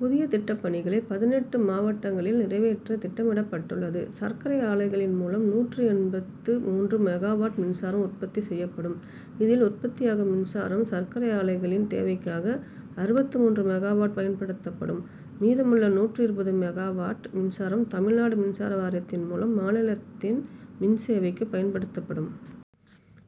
புதிய திட்டப்பணிகளை பதினெட்டு மாவட்டங்களில் நிறைவேற்ற திட்டமிடப் பட்டுள்ளது. சர்க்கரை ஆலைகளின் மூலம் நூற்று எண்பத்து மூன்று மெகாவாட் மின்சாரம் உற்பத்தி செய்யப்படும். இதில் உற்பத்தியாகும் மின்சாரம் சர்க்கரை ஆலைகளின் தேவைக்காக அறுபத்து மூன்று மெகாவாட் பயன்படுத்தப்படும். மீதமுள்ள நூற்று இருபது மெகாவாட் மின்சாரம் தமிழ்நாடு மின்சார வாரியத்தின் மூலம் மாநிலத்தின் மின்தேவைக்கு பயன்படுத்தப்படும்.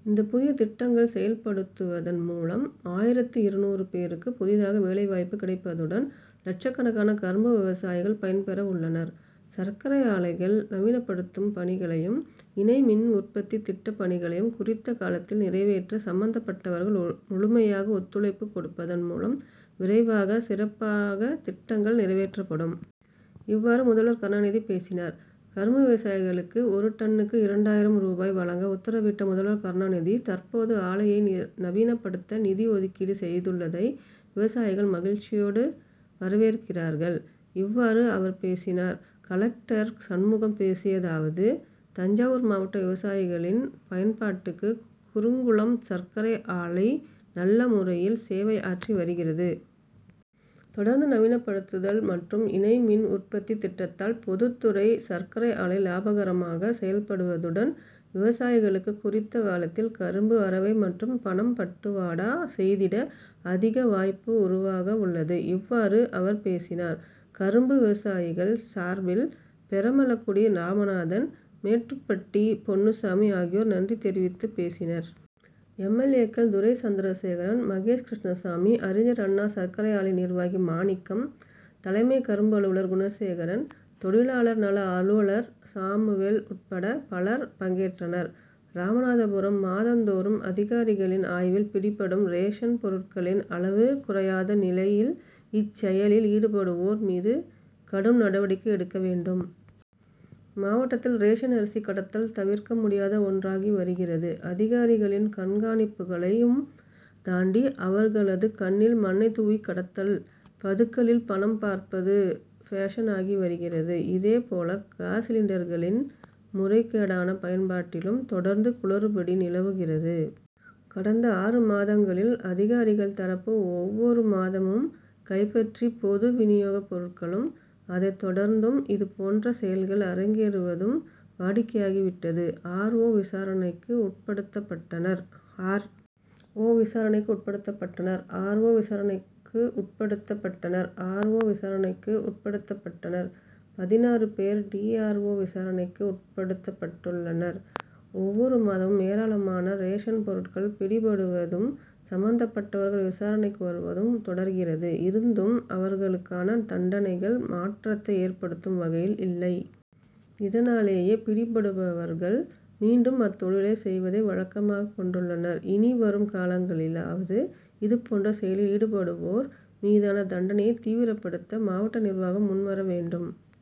இந்த புதிய திட்டங்கள் செயல்படுத்துவதன் மூலம் ஆயிரத்து இருநூறு பேருக்கு புதிதாக வேலை வாய்ப்பு கிடைப்பதுடன் லட்சக்கணக்கான கரும்பு விவசாயிகள் பயன்பெற உள்ளனர். சர்க்கரை ஆலைகள் நவீனப்படுத்தும் பணிகளையும் இணை மின் உற்பத்தி திட்டப் பணிகளையும் குறித்த காலத்தில் நிறைவேற்ற சம்மந்தப்பட்டவர்கள் முழுமையாக ஒத்துழைப்பு கொடுப்பதன் மூலம் விரைவாக, சிறப்பாக திட்டங்கள் நிறைவேற்றப்படும். இவ்வாறு முதல்வர் கருணாநிதி பேசினார். கரும்பு விவசாயிகளுக்கு ஒரு டன்னுக்கு இரண்டாயிரம் ரூபாய் வழங்க உத்தரவிட்ட முதல்வர் கருணாநிதி தற்போது ஆலையை நவீனப்படுத்த நிதி ஒதுக்கீடு செய்துள்ளதை விவசாயிகள் மகிழ்ச்சியோடு வரவேற்கிறார்கள். இவ்வாறு அவர் பேசினார். கலெக்டர் சண்முகம் பேசியதாவது தஞ்சாவூர் மாவட்ட விவசாயிகளின் பயன்பாட்டுக்கு குருங்குளம் சர்க்கரை ஆலை நல்ல முறையில் சேவை ஆற்றி வருகிறது. தொடர்ந்து நவீனப்படுத்துதல் மற்றும் இணை மின் உற்பத்தி திட்டத்தால் பொதுத்துறை சர்க்கரை ஆலை லாபகரமாக செயல்படுவதுடன் விவசாயிகளுக்கு குறித்த காலத்தில் கரும்பு அரவை மற்றும் பணம்பட்டுவாடா செய்திட அதிக வாய்ப்பு உருவாக உள்ளது. இவ்வாறு அவர் பேசினார். கரும்பு விவசாயிகள் சார்பில் பெரமளக்குடி ராமநாதன், மேட்டுப்பட்டி பொன்னுசாமி ஆகியோர் நன்றி தெரிவித்து பேசினர். எம். எல். ஏ.,க்கள் துரை சந்திரசேகரன், மகேஷ்கிருஷண்சாமி, அறிஞர் அண்ணா சர்க்கரை ஆலை நிர்வாகி மாணிக்கம், தலைமை கரும்பு அலுவலர் குணசேகரன், தொழிலாளர் நல அலுவலர் சாமுவேல் உட்பட பலர் பங்கேற்றனர். ராமநாதபுரம் மாதம்தோ றும் அதிகாரிகளின் ஆய்வில் பிடிபடும் ரேஷன் பொருட்க ளின் அளவு குறை யாத நிலை யில், இச்செயலில் ஈடுபடுவோர் மீது கடும் நடவடிக்கை எடுக்க வேண்டும். மாவட்டத்தில் ரேஷன் அரிசி கடத்தல் தவிர்க்க முடியாத ஒன்றாகி வருகிறது. அதிகாரிகளின் கண்காணிப்புகளை யும் தாண்டி, அவர்களது கண்ணில் மண்ணை தூவி கடத்தல், பதுக்கலில் பணம் பார்ப்பது பேஷன்' ஆகிவருகிறது. இதே போல காஸ் சிலிண்டர்களின் முறை கேடான பயன்பாட்டிலும் தொடர்ந்து குளறு படி நில வு கி றது. கடந்த ஆறு மாதங்களில் அதிகாரிகள் தரப்பு ஒவ்வொரு மாத மும் கைப்பற்றி பொது வி னி யோக பொருட்க ளும், அதை தொடர்ந்தும் இது போன்ற செயல்கள் அரங்கே று வ தும் வாடிக்கையாகி விட்டது. ஆர். ஓ., விசா ர ணைக்கு உட்படுத்தப்பட்டனர். ஆர். ஓ., விசாரணைக்கு உட்படுத்தப்பட்டனர். ஆர். ஓ., விசாரணைக்கு உட்ப டுத்தப்பட்டனர். ஆர். ஓ., விசாரணைக்கு உட்படுத்தப்பட்டனர். பதினாறு பேர் டி. ஆர். ஓ., விசாரணைக்கு உட்ப டுத்தப்பட்டுள்ளனர். ஒவ்வொரு மாதமும் ஏராளமான ரேஷன் பொருட்கள் பிடிபடுவ தும், சம்மந்தப்பட்டவர்கள் விசாரணைக்கு வருவதும் தொடர்கிறது. இருந்தும் அவர்க ளுக்கான தண்டனைகள், மாற்றத்தை ஏற்படுத்தும் வகையில் இல்லை. இதனாலேயே பிடிபடுபவர்கள் மீண்டும் அத்தொழிலை செய்வதை வழக்கமாக கொண்டுள்ளனர். இனி வரும் காலங்களிலா வது இது போன்ற செயலில் ஈடுபடுவோர் மீதான தண்டனையை தீவிரப்படுத்த மாவட்ட நிர்வாகம் முன்வர வேண்டும்.